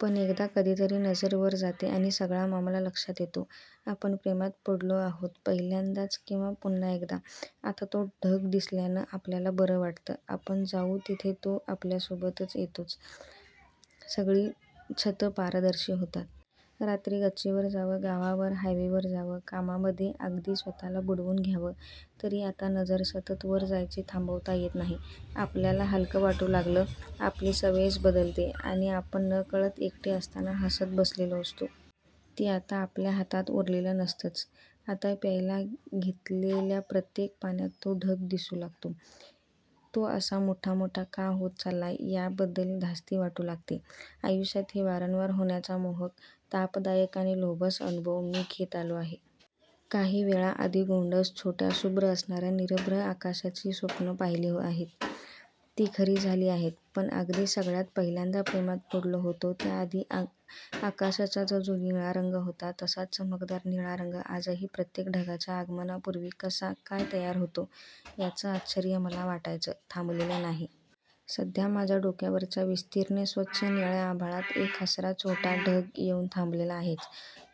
पण एकदा कधीतरी नजर वर जाते आणि सगळा मामला लक्षात येतो. आपण प्रेमात पडलो आहोत. पहिल्यांदाच किंवा पुन्हा एकदा. आता तो ढग दिसल्यानं आपल्याला बरं वाटतं. आपण जाऊ तिथे तो आपल्यासोबत येतोच. सगळी छतं पारदर्शी होतात. रात्री गच्चीवर जावं, गावाबाहेर हायवेवर जावं, कामामध्ये अगदी स्वतःला बुडवून घ्यावं, तरी आता नजर सतत वर जायची थांबवता येत नाही. आपल्याला हलकं वाटू लागलं, आपली सवयच बदलते आणि आपण नकळत एकटे असताना हसत बसलेलो असतो. ते आता आपल्या हातात उरलेलं नसतंच. आता प्यायला घेतलेल्या प्रत्येक पाण्यात तो ढग दिसू लागतो. तो असा मोठा मोठा का होत चाललाय, याबद्दल धास्ती वाटू लागते. आयुष्यात हे वारंवार होण्याचा मोहक, तापदायक आणि लोभस अनुभव मी घेत आलो आहे. काही वेळा आधी गोंडस छोट्या शुभ्र असणाऱ्या निरभ्र आकाशाची स्वप्नं पाहिली आहेत. ती खरी झाली आहेत. पण अगदी सगळ्यात पहिल्यांदा प्रेमात पडलो होतो, त्याआधी आकाशाचा जो निळा रंग होता, तसाच चमकदार निळा रंग आजही प्रत्येक ढगाच्या आगमनापूर्वी कसा काय तयार होतो, याचं आश्चर्य मला वाटायचं थांबलेलं नाही. सध्या माझ्या डोक्यावरच्या विस्तीर्ण स्वच्छ निळ्या आभाळात एक हसरा छोटा ढग येऊन थांबलेला आहेच.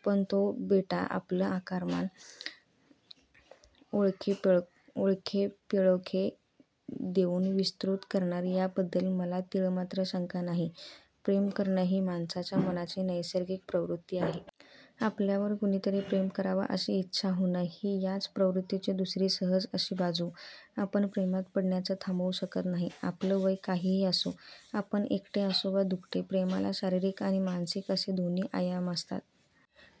पण तो बेटा आपलं आकारमान आळोखेपिळोखे देऊन विस्तृत करणार याबद्दल मला तीळमात्र शंका नाही. प्रेम करणं ही माणसाच्या मनाची नैसर्गिक प्रवृत्ती आहे. आपल्यावर कुणीतरी प्रेम करावं अशी इच्छा होणं, ही याच प्रवृत्तीची दुसरी सहज अशी बाजू. आपण प्रेमात पडण्याचं थांबवू शकत नाही. आपलं वय काहीही असो. आपण एकटे असू वा दुकटे. प्रेमाला शारीरिक आणि मानसिक असे दोन्ही आयाम असतात.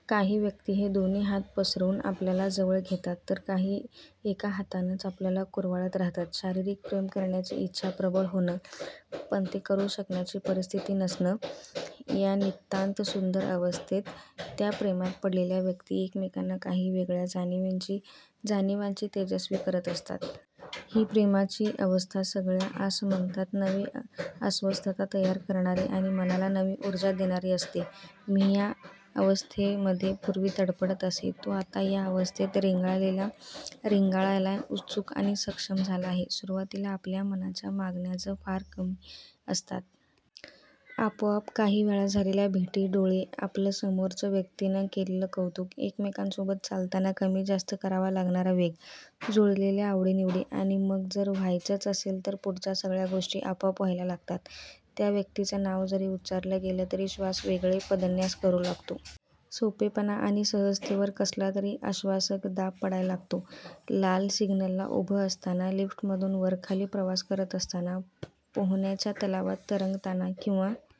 काही व्यक्ती हे दोन्ही हात पसरून आपल्याला जवळ घेतात, तर काही एका हातानंच आपल्याला कुरवाळत राहतात. शारीरिक प्रेम करण्याची इच्छा प्रबळ होणं, पण ते करू शकण्याची परिस्थिती नसणं, या नितांतसुंदर अवस्थेत त्या प्रेमात पडलेल्या व्यक्ती एकमेकांना काही वेगळ्या जाणिवांची तेजस्वी करत असतात. ही प्रेमाची अवस्था सगळ्या आसमंतात नवी अस्वस्थता तयार करणारी आणि मनाला नवी ऊर्जा देणारी असते. मी ह्या अवस्थेमध्ये पूर्वी तडफडत असे. तो आता या अवस्थेत रेंगाळायला उत्सुक आणि सक्षम झाला आहे. सुरुवातीला आपल्या मनाच्या मागण्याच फार कमी असतात. आपोआप काही वेळा झालेल्या भेटी, डोळे, आपलं समोरच्या व्यक्तीनं केलेलं कौतुक, एकमेकांसोबत चालताना कमी जास्त करावा लागणारा वेग, जुळलेल्या आवडीनिवडी, आणि मग जर व्हायचंच असेल तर पुढच्या सगळ्या गोष्टी आपोआप व्हायला लागतात. त्या व्यक्तीचं नाव जरी उच्चारलं गेलं तरी श्वास वेगळे पदन्यास करू लागतो. सोपेपणा आणि सहजतेवर कसलातरी आश्वासक दाब पडायला लागतो. लाल सिग्नलला उभं असताना, लिफ्टमधून वरखाली प्रवास करत असताना, पोहण्याच्या तलावात तरंगताना किंवा